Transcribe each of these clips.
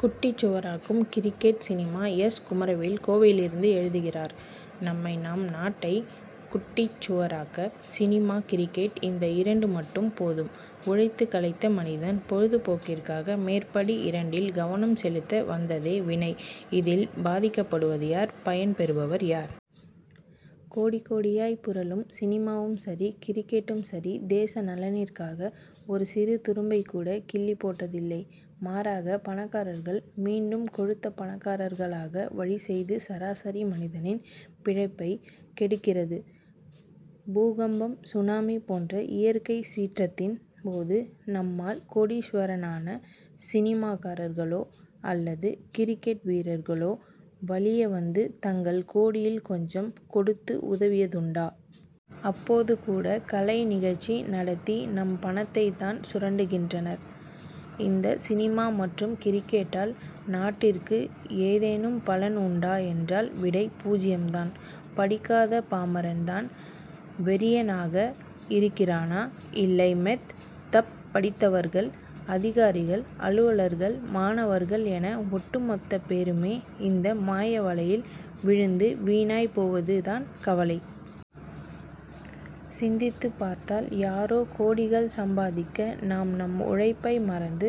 குட்டிச்சுவராக்கும் cricket cinema S. Kumaravel கோவையிலிருந்து எழுதுகிறார் நம்மை நம் நாட்டை குட்டிச் சுவராக்க சினிமா கிரிக்கெட் இந்த இரண்டு மட்டும் போதும். உழைத்துக் களைத்த மனிதன் பொழுதுபோக்கிற்காக மேற்படி இரண்டில் கவனம் செலுத்த வந்ததே வினை இதில் பாதிக்கப்படுவது யார் பயன் பெறுபவர் யார்? கோடி கோடியாய் புரளும் சினிமாவும் சரி கிரிக்கெட்டும் சரி தேச நலனிற்காக ஒரு சிறு துரும்பைக் கூட கிள்ளிப் போட்டதில்லை. மாறாக பணக்காரர்கள் மீண்டும் கொழுத்த பணக்காரர்களாக வழி செய்து சராசரி மனிதனின் பிழைப்பை கெடுக்கிறது. பூகம்பம் சுனாமி போன்ற இயற்கை சீற்றத்தின் போது நம்மால் கோடீஸ்வரனான சினிமாக்காரர்களோ அல்லது கிரிக்கெட் வீரர்களோ வலிய வந்து தங்கள் கோடியில் கொஞ்சம் கொடுத்து உதவியதுண்டா? அப்போது கூட கலை நிகழ்ச்சி நடத்தி நம் பணத்தைத் தான் சுரண்டுகின்றனர். இந்த சினிமா மற்றும் கிரிக்கெட்டால் நாட்டிற்கு ஏதேனும் பலன் உண்டா என்றால் விடை பூஜ்யம் தான். படிக்காத பாமரன் தான் வெறியனாக இருக்கிறானா இல்லைமெத் தப் படித்தவர்கள் அதிகாரிகள் அலுவலர்கள் மாணவர்கள் என ஒட்டு மொத்த பேருமே இந்த மாய வலையில் விழுந்து வீணாய் போவது தான் கவலை. சிந்தித்துப் பார்த்தால் யாரோ கோடிகள் சம்பாதிக்க நாம் நம் உழைப்பை மறந்து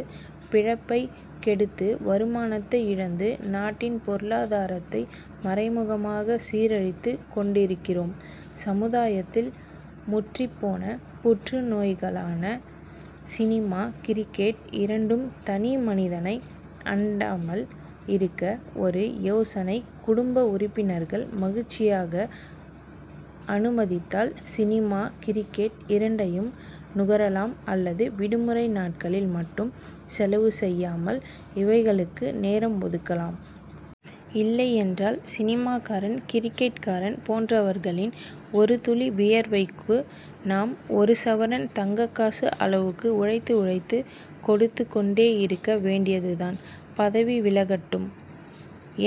பிழைப்பை கெடுத்து வருமானத்தை இழந்து நாட்டின் பொருளாதாரத்தை மறைமுகமாக சீரழித்துக் கொண்டிருக்கிறோம். சமுதாயத்தில் முற்றிப் போன புற்று நோய்களான சினிமா கிரிக்கெட் இரண்டும் தனி மனிதனை அண்டாமல் இருக்க ஒரு யோசனைகுடும்ப உறுப்பினர்கள் மகிழ்ச்சியாக அனுமதித்தால் சினிமா கிரிக்கெட் இரண்டையும் நுகரலாம் அல்லது விடுமுறை நாட்களில் மட்டும் செலவு செய்யாமல் இவைகளுக்கு நேரம் ஒதுக்கலாம். இல்லையென்றால் சினிமாக்காரன் கிரிக்கெட் காரன் போன்றவர்களின் ஒரு துளி வியர்வைக்கு நாம் ஒரு சவரன் தங்க காசு அளவுக்கு உழைத்து உழைத்து கொடுத்துக் கொண்டேயிருக்க வேண்டியது தான். பதவி விலகட்டும்!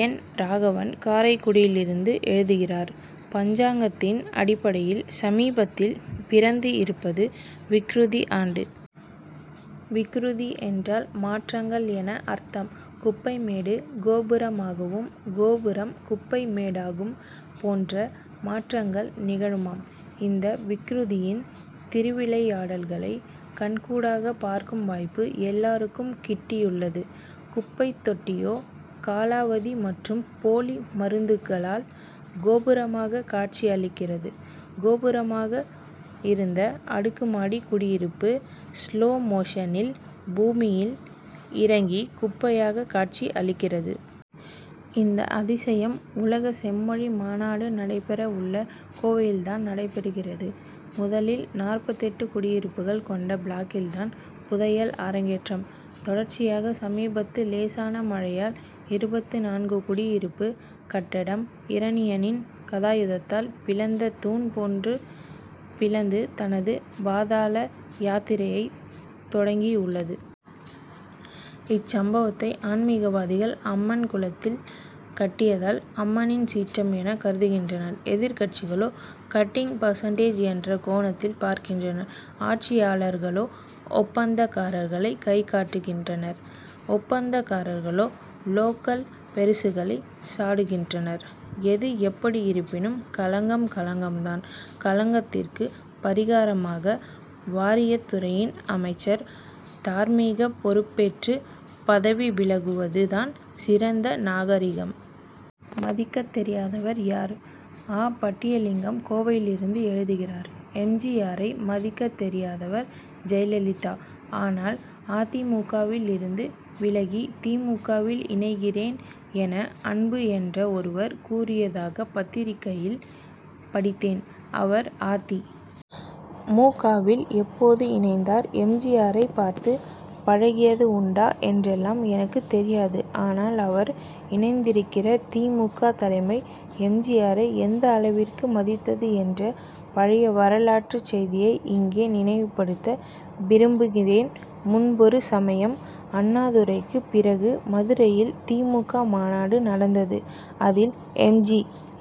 என். ராகவன் காரைக்குடியிலிருந்து எழுதுகிறார் பஞ்சாங்கத்தின் அடிப்படையில் சமீபத்தில் பிறந்து இருப்பது விக்ருதி ஆண்டு. விக்ருதி என்றால் மாற்றங்கள் என அர்த்தம். குப்பைமேடு கோபுரமாகவும் கோபுரம் குப்பை மேடாகும் போன்ற மாற்றங்கள் நிகழுமாம். இந்த விக்ருதியின் திருவிளையாடல்களை கண்கூடாக பார்க்கும் வாய்ப்பு எல்லாருக்கும் கிட்டியுள்ளது. குப்பைத் தொட்டியோ காலாவதி மற்றும் போலி மருந்துகளால் கோபுரமாக காட்சி அளிக்கிறது கோபுரமாக இருந்த அடுக்கு மாடி குடியிருப்பு ஸ்லோ மோஷனில் பூமியில் இறங்கி குப்பையாக காட்சி அளிக்கிறது. இந்த அதிசயம் உலக செம்மொழி மாநாடு நடைபெற உள்ள கோவையில் தான் நடைபெறுகிறது. முதலில் நாற்பத்தெட்டு குடியிருப்புகள் கொண்ட பிளாக்கில் தான் புதையல் அரங் கேற்றம். தொடர்ச்சியாக சமீபத்து லேசான மழையால் இருபத்துநான்கு குடியிருப்பு கட்டடம் இரணியனின் கதாயுதத்தால் பிளந்த தூண் போன்று பிளந்து தனது பாதாள யாத்திரையை தொடங்கி உள்ளது. இச்சம்பவத்தை ஆன்மிகவாதிகள் அம்மன் குளத் தில் கட்டியதால் அம்மனின் சீற்றம் என கருதுகின்றனர். எதிர்க்கட்சிகளோ கட்டிங் பர்சன்டேஜ் என்ற கோணத்தில் பார்க்கின்றனர். ஆட்சியாளர்களோ ஒப் பந்தக்காரர்களை கை காட்டுகின்றனர். ஒப்பந்தக்காரர்களோ லோக்கல் பெரிசுகளை சாடுகின்றனர். எது எப்படி இருப்பினும் களங்கம் களங்கம் தான். களங்கத்திற்கு பரிகாரமாக வாரியத்துறையின் அமைச்சர் தார்மீக பொறுப் பேற்று பதவி விலகுவது தான் சிறந்த நாகரிகம். மதிக்கத்தெரியாதவர் யார்? ஆ. பட்டிலிங்கம் கோவையிலிருந்து எழுதுகிறார் எம். ஜி. ஆரை மதிக்கத் தெரியாதவர் ஜெயலலிதா. அதனால் அ. தி. மு. க.வில் இருந்து விலகி தி. மு. க.வில் இணைகிறேன் என அன்பு என்ற ஒருவர் கூறியதாக பத்திரிகையில் படித்தேன். அவர் அ. தி. மு. க.வில் எப்போது இணைந்தார் எம். ஜி. ஆரை பார்த்து பழகியது உண்டா என்றெல்லாம் எனக்குத் தெரியாது. ஆனால் அவர் இணைந்திருக்கிற தி. மு. க. தலைமை எம். ஜி. ஆரை எந்த அளவிற்கு மதித்தது என்ற பழைய வரலாற்றுச் செய்தியை இங்கே நினைவுப்படுத்த விரும்புகிறேன்முன்பொரு சமயம் அண்ணாதுரைக்கு பிறகு மதுரையில் தி. மு. க. மாநாடு நடந்தது. அதில் எம். ஜி.